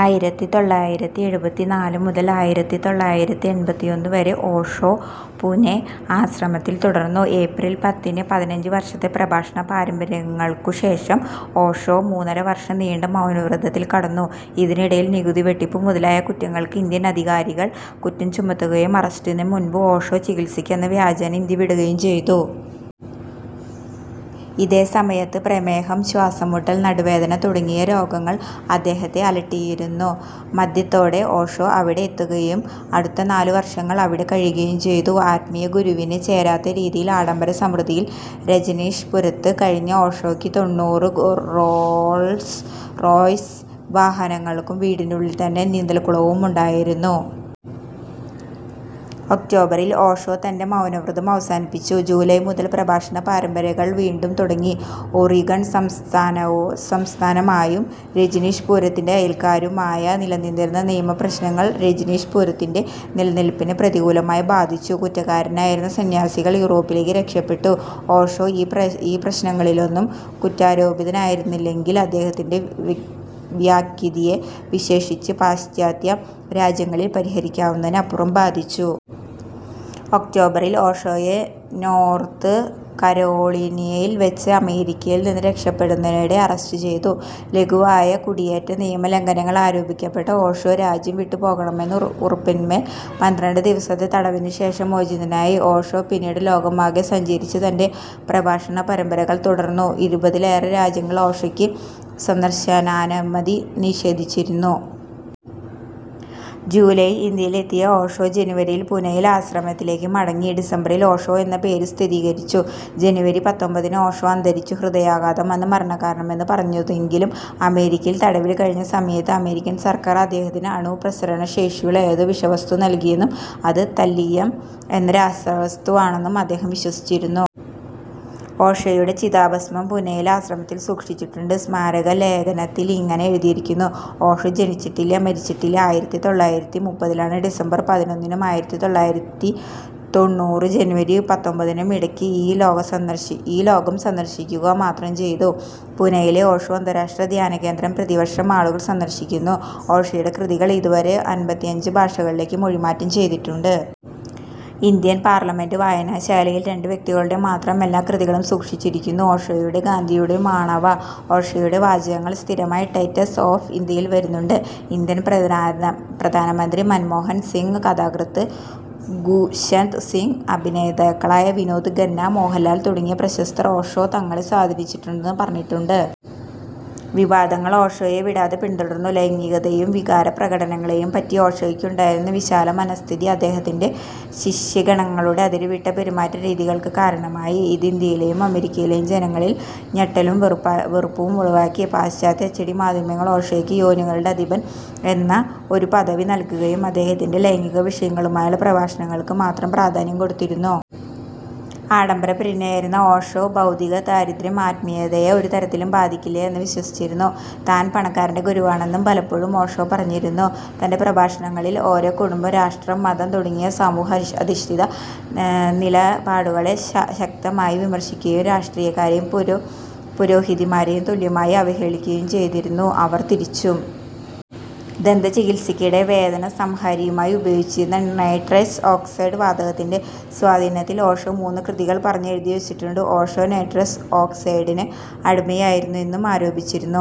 ആയിരത്തിത്തൊള്ളായിരത്തിഎഴുപത്തിനാല് മുതൽ ആയിരത്തിതൊള്ളായിരത്തിഎൻപത്തിയൊന്നു വരെ ഓഷോ പൂനെ ആശ്രമത്തിൽ തുടർന്നു. ഏപ്രിൽ പത്തിന് ,പതിനഞ്ച് വർഷത്തെ പ്രഭാഷണ പരമ്പരകൾക്കു ശേഷം ഓഷോ മൂന്നരവർഷം നീണ്ട മൗനവ്രതത്തിൽ കടന്നു. ഇതിനിടയിൽ നികുതി വെട്ടിപ്പ് മുതലായ കുറ്റങ്ങൾക്ക് ഇന്ത്യൻ അധികാരികൾ കുറ്റം ചുമത്തുകയും അറസ്റ്റിനു മുൻപ് ഓഷോ ചികിത്സയ്ക്ക് എന്ന വ്യാജേന ഇന്ത്യ വിടുകയും ചെയ്തു. ഇതേ സമയത്ത് പ്രമേഹം, ശ്വാസം മുട്ടൽ, നടുവേദന തുടങ്ങിയ രോഗങ്ങൾ അദ്ദേഹത്തെ അലട്ടിയിരുന്നു. മധ്യത്തോടെ ഓഷോ അവിടെ എത്തുകയും അടുത്ത നാലു വർഷങ്ങൾ അവിടെ കഴിയുകയും ചെയ്തു. ആത്മീയ ഗുരുവിനു ചേരാത്തരീതിയിൽ ആഡംബര സമൃദ്ധിയിൽ രജനീഷ്പുരത്ത് കഴിഞ്ഞ ഓഷോക്ക് തൊണ്ണൂറ് റോൾസ് റോയ്സ് വാഹനങ്ങളും വീടിനുള്ളിൽത്തന്നെ നീന്തൽക്കുളവും ഉണ്ടായിരുന്നു. ഒക്ടോബറിൽ ഓഷോ തന്റെ മൗനവ്രതം അവസാനിപ്പിച്ചു. ജൂലൈ മുതൽ പ്രഭാഷണ പരമ്പരകൾ വീണ്ടും തുടങ്ങി. ഓറിഗൺ സംസ്ഥാനമായും രജനീഷ്പുരത്തിന്റെ അയൽക്കാരുമായും നിലനിന്നിരുന്ന നിയമ പ്രശ്നങ്ങളും രജനീഷ്പുരത്തിന്റെ നിലനിൽപ്പിനെ പ്രതികൂലമായി ബാധിച്ചു. കുറ്റക്കാരായിരുന്ന സന്ന്യാസികൾ യൂറോപ്പിലേക്ക് രക്ഷപെട്ടു. ഓഷോ ഈ പ്രശ്നങ്ങളിലൊന്നും കുറ്റാരോപിതനായില്ലയെങ്കിലും അദ്ദേഹത്തിന്റെ ഖ്യാതിയെ വിശേഷിച്ച് പാശ്ചാത്യ രാജ്യങ്ങളിൽ പരിഹരിക്കാവുന്നതിനപ്പുറം ബാധിച്ചു. ഒക്ടോബറിൽ, ഓഷോയെ നോർത്ത് കരോളീനയിൽ വച്ച് അമേരിക്കയിൽ നിന്ന് രക്ഷപെടുന്നതിനിടെ അറസ്റ്റ് ചെയ്തു. ലഘുവായ കുടിയേറ്റ നിയമ ലംഘനങ്ങൾ ആരോപിക്കപ്പെട്ട ഓഷോ, രാജ്യം വിട്ടുപോകാമെന്ന ഉറപ്പിന്മേൽ പന്ത്രണ്ട് ദിവസത്തെ തടവിനു ശേഷം മോചിതനായി. ഓഷോ പിന്നീട് ലോകമാകെ സഞ്ചരിച്ച് തന്റെ പ്രഭാഷണ പരമ്പരകൾ തുടർന്നു. ഇരുപതിലേറെ രാജ്യങ്ങൾ ഓഷയ്ക്ക് സന്ദർശനാനുമതി നിഷേധിച്ചിരുന്നു. ജൂലൈയിൽ ഇന്ത്യയിലെത്തിയ ഓഷോ, ജനുവരിയിൽ പൂനെയിലെ ആശ്രമത്തിലേക്കു മടങ്ങി. ഡിസംബറിൽ ഓഷോ എന്ന പേര് സ്വീകരിച്ചു. ജനുവരി പത്തൊൻപതിന് ഓഷോ അന്തരിച്ചു. ഹൃദയാഘാതമാണ് മരണകാരണമെന്ന് പറയുന്നതെങ്കിലും, അമേരിക്കയിൽ തടവിൽ കഴിഞ്ഞ സമയത്ത് അമേരിക്കൻ സർക്കാർ അദ്ദേഹത്തിന് അണുപ്രസരണ ശേഷിയുള്ള ഏതോ വിഷവസ്തു നൽകിയെന്നും അത് താല്ലിയം എന്ന രാസവസ്തുവാണെന്നും അദ്ദേഹം വിശ്വസിച്ചിരുന്നു. ഓഷോയുടെ ചിതാഭസ്മം പൂനെയിലെ ആശ്രമത്തിൽ സൂക്ഷിച്ചിട്ടുണ്ട്. സ്മാരക ലേഘനത്തിൽ ഇങ്ങനെ എഴുതിയിരിക്കുന്നു "ഓഷോ ജനിച്ചിട്ടില്ല മരിച്ചിട്ടില്ല ". ആയിരത്തിതൊള്ളായിരത്തിമുപ്പത്തിയൊന്ന് ഡിസംബർ പതിനൊന്നിനും, ആയിരത്തിതൊള്ളായിരത്തിത്തൊണ്ണൂറ്‍ ജനുവരി പത്തൊൻപതിനും ഇടയ്ക്ക് ഈ ലോകം സന്ദർശിക്കുക മാത്രം ചെയ്തു. പൂനെയിലെ ഓഷോ അന്താരാഷ്ട്ര ധ്യാനകേന്ദ്രം പ്രതിവർഷം ആളുകൾ സന്ദർശിക്കുന്നു. ഓഷോയുടെ കൃതികൾ ഇതു വരെ അൻപത്തിയഞ്ച് ഭാഷകളിലേക്ക് മൊഴിമാറ്റം ചെയ്തിട്ടുണ്ട്. ഇന്ത്യൻ പാർലമന്റ് വായനശാലയിൽ രണ്ട് വ്യക്തികളുടെ മാത്രം എല്ലാ കൃതികളും സൂക്ഷിച്ചിരിക്കുന്നു ഓഷോയുടെയും ഗാന്ധിയുടെയുമാണവ. ഓഷോയുടെ വാചകങ്ങൾ സ്ഥിരമായി ടൈംസ് ഓഫ് ഇന്ത്യയിൽ വരുന്നുണ്ട്. ഇന്ത്യൻ പ്രധാനമന്ത്രി മൻമോഹൻ സിംഗ്, കഥാകൃത്ത് ഖുശ്വന്ത് സിങ്, അഭിനേതാക്കളായ വിനോദ് ഖന്ന, മോഹൻലാൽ തുടങ്ങിയ പ്രശസ്തർ ഓഷോ തങ്ങളെ സ്വാധീനിച്ചിട്ടുണ്ടന്ന് പറഞ്ഞിട്ടുണ്ട്. വിവാദങ്ങൾ ഓഷോയെ വിടാതെ പിന്തുടർന്നു. ലൈംഗികതെയും വികാരപ്രകടനങ്ങളെയും പറ്റി ഓഷോയ്ക്കുണ്ടായിരുന്ന വിശാല മനഃസ്ഥിതി അദ്ദേഹത്തിന്റെ ശിഷ്യഗണങ്ങളുടെ അതിരുവിട്ട പെരുമാറ്റരീതികൾക്ക് കാരണമായി. ഇത് ഇന്ത്യയിലേയും അമേരിക്കയിലേയും ജനങ്ങളിൽ ഞെട്ടലും വെറുപ്പും ഉളവാക്കി. പാശ്ചാത്യ അച്ചടി മാധ്യമങ്ങൾ, ഓഷോയ്ക്ക് "യോനികളുടെ അധിപൻ" എന്ന ഒരു പദവി നൽകുകയും, അദ്ദേഹത്തിന്റെ ലൈംഗിക വിഷയങ്ങളിലുള്ള പ്രഭാഷണങ്ങൾക്കു മാത്രം പ്രാധാന്യം കൊടുത്തിരുന്നു. ആഡംബര പ്രിയനായിരുന്ന ഓഷോ, ഭൗതിക ദാരിദ്ര്യം ആത്മീയതയെ ഒരു തരത്തിലും ബാധിക്കില്ല എന്ന് വിശ്വസിച്ചിരുന്നു. താൻ പണക്കാരന്റെ ഗുരുവാണെന്ന് പലപ്പോഴും ഓഷോ പറഞ്ഞിരുന്നു. തന്റെ പ്രഭാഷണങ്ങളിൽ ഓഷോ കുടുംബം, രാഷ്ട്രം, മതം തുടങ്ങിയ സമൂഹാധിഷ്ഠിത നിലപാടുകളെ ശക്തമായി വിമർശിക്കുകയും, രാഷ്ട്രീയക്കാരേയും പുരോഹിതന്മാരേയും, തുല്യമായി അവഹേളിക്കുകയും ചെയ്തിരുന്നു അവർ തിരിച്ചും. ദന്ത ചികിത്സയ്ക്കിടെ വേദന സംഹാരിയായുപയോഗിച്ചിരുന്ന നൈട്രസ് ഓക്സൈഡ് വാതകത്തിന്റെ സ്വാധീനത്തിൽ ഓഷോ മൂന്ന് കൃതികൾ പറഞ്ഞെഴുതിച്ചിട്ടുണ്ട്. ഓഷോ നൈട്രസ് ഓക്സൈഡിന് അടിമയായിരുന്നു എന്നും ആരോപിച്ചിരുന്നു.